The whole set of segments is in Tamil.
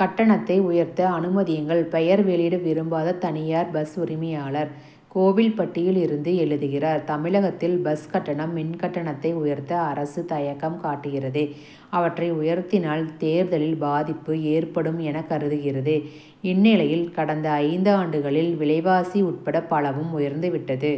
கட்டணத்தை உயர்த்த அனுமதியுங்கள்! பெயர் வெளியிட விரும்பாத தனியார் பஸ் உரிமையாளர் கோவில்பட்டியில் இருந்து எழுதுகிறார் தமிழகத்தில் பஸ் கட்டணம் மின் கட்டணத்தை உயர்த்த அரசு தயக்கம் காட்டுகிறது. அவற்றை உயர்த்தினால் தேர்தலில் பாதிப்பு ஏற்படும் என கருதுகிறது. இந்நிலையில் கடந்த ஐந்தாண்டுகளில் விலைவாசி உட்பட பலவும் உயர்ந்து விட்டது.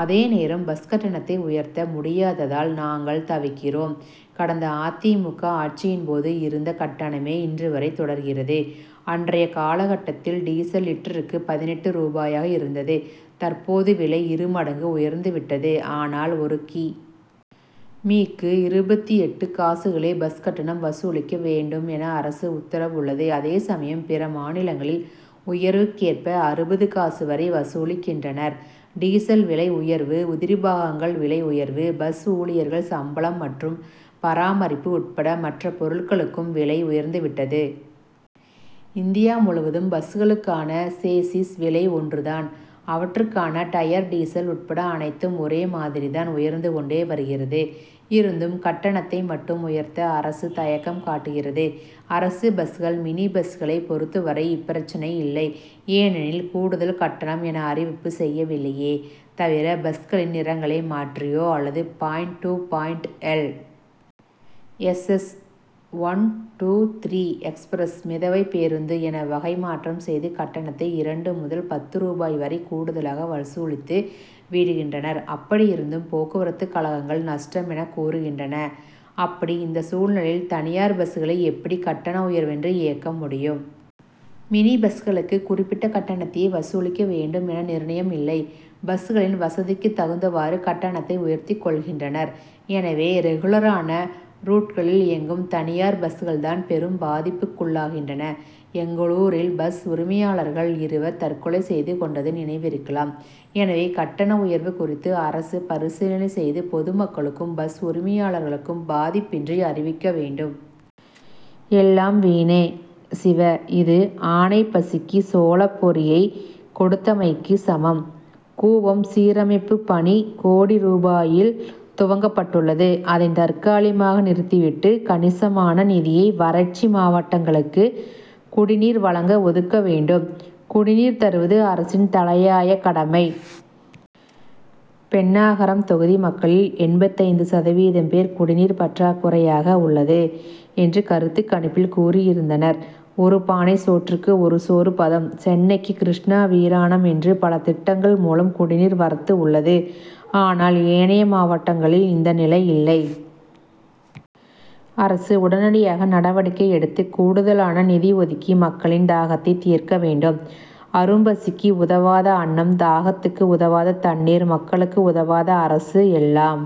அதேநேரம் பஸ் கட்டணத்தை உயர்த்த முடியாததால் நாங்கள் தவிக்கிறோம். கடந்த அ. தி. மு. க. ஆட்சியின் போது இருந்த கட்டணமே இன்று வரை தொடர்கிறது. அன்றைய காலகட்டத்தில் டீசல் லிட்டருக்கு பதினெட்டு ரூபாயாக இருந்தது. தற்போது விலை இருமடங்கு உயர்ந்து விட்டது. ஆனால் ஒரு கி. மீ.க்கு இருபத்தெட்டு காசுகளே பஸ் கட்டணம் வசூலிக்க வேண்டும் என அரசு உத்தரவு உள்ளது. அதேசமயம் பிற மாநிலங்களில் உயர்வுக் கேற்ப அறுபது காசு வரை வசூலிக்கின்றனர். டீசல் விலை உயர்வு உதிரிபாகங்கள் விலை உயர்வு பஸ் ஊழியர்கள் சம்பளம் மற்றும் பராமரிப்பு உட்பட மற்ற பொருட்களுக்கும் விலை உயர்ந்துவிட்டது. இந்தியா முழுவதும் பஸ்களுக்கான சேசிஸ் விலை ஒன்றுதான். அவற்றுக்கான டயர் டீசல் உட்பட அனைத்தும் ஒரே மாதிரிதான் உயர்ந்து கொண்டே வருகிறது. இருந்தும் கட்டணத்தை மட்டும் உயர்த்த அரசு தயக்கம் காட்டுகிறது. அரசு பஸ்கள் மினி பஸ்களை பொறுத்தவரை இப்பிரச்னை இல்லை. ஏனெனில் கூடுதல் கட்டணம் என அறிவிப்பு செய்யவில்லையே தவிர பஸ்களின் நிறங்களை மாற்றியோ அல்லது point to point L. S. S. One two three express மிதவை பேருந்து என வகை மாற்றம் செய்து கட்டணத்தை இரண்டு முதல் பத்து ரூபாய் வரை கூடுதலாக வசூலித்து விடுகின்றனர். அப்படியிருந்தும் போக்குவரத்துக் கழகங்கள் நஷ்டம் என கூறுகின்றன. அப்படி இந்த சூழ்நிலையில் தனியார் பஸ்களை எப்படி கட்டண உயர்வின்றி இயக்க முடியும்? மினி பஸ்களுக்கும் குறிப்பிட்ட கட்டணத்தையே வசூலிக்க வேண்டும் என நிர்ணயம் இல்லை. பஸ்களின் வசதிக்கு தகுந்தவாறு கட்டணத்தை உயர்த்திக் கொள்கின்றனர். எனவே ரெகுலரான ரூட்களில் இயங்கும் தனியார் பஸ்கள் தான் பெரும் பாதிப்புக்குள்ளாகின்றன. எங்களூரில் பஸ் உரிமையாளர்கள் இருவர் தற்கொலை செய்து கொண்டது நினைவிருக்கலாம். எனவே கட்டண உயர்வு குறித்து அரசு பரிசீலனை செய்து பொதுமக்களுக்கும் பஸ் உரிமையாளர்களுக்கும் பாதிப்பின்றி அறிவிக்க வேண்டும். எல்லாம் வீணே! சிவ. இது ஆனைப் பசிக்கு சோளப் பொரியைக் கொடுத்தமைக்குச் சமம். கூவம் சீரமைப்பு பணி கோடி ரூபாயில் துவங் கப்பட்டுள்ளது. அதை தற்காலிகமாக நிறுத்தி விட்டு கணிசமான நிதியை வறட்சி மாவட்டங்களுக்கு குடிநீர் வழங்க ஒதுக்க வேண்டும். குடிநீர் தருவது அரசின் தலையாய கடமை. பென்னாகரம் தொகுதி மக்களில் எண்பத்தைந்து சதவீதம் பேர் குடிநீர் பற்றாக்குறையாக உள்ளது என்று கருத்துக் கணிப்பில் கூறியிருந்தனர். ஒரு பானை சோற்றுக்கு ஒரு சோறு பதம்! சென்னைக்கு கிருஷ்ணா வீராணம் என்று பல திட்டங்கள் மூலம் குடிநீர் வரத்து உள்ளது. ஆனால் ஏனைய மாவட்டங்களில் இந்த நிலை இல்லை. அரசு உடனடியாக நடவடிக்கை எடுத்து கூடுதலான நிதி ஒதுக்கி மக்களின் தாகத்தை தீர்க்க வேண்டும். அரும்பசிக்கு உதவாத அன்னம் தாகத்துக்கு உதவாத தண்ணீர் மக்களுக்கு உதவாத அரசு எல்லாம்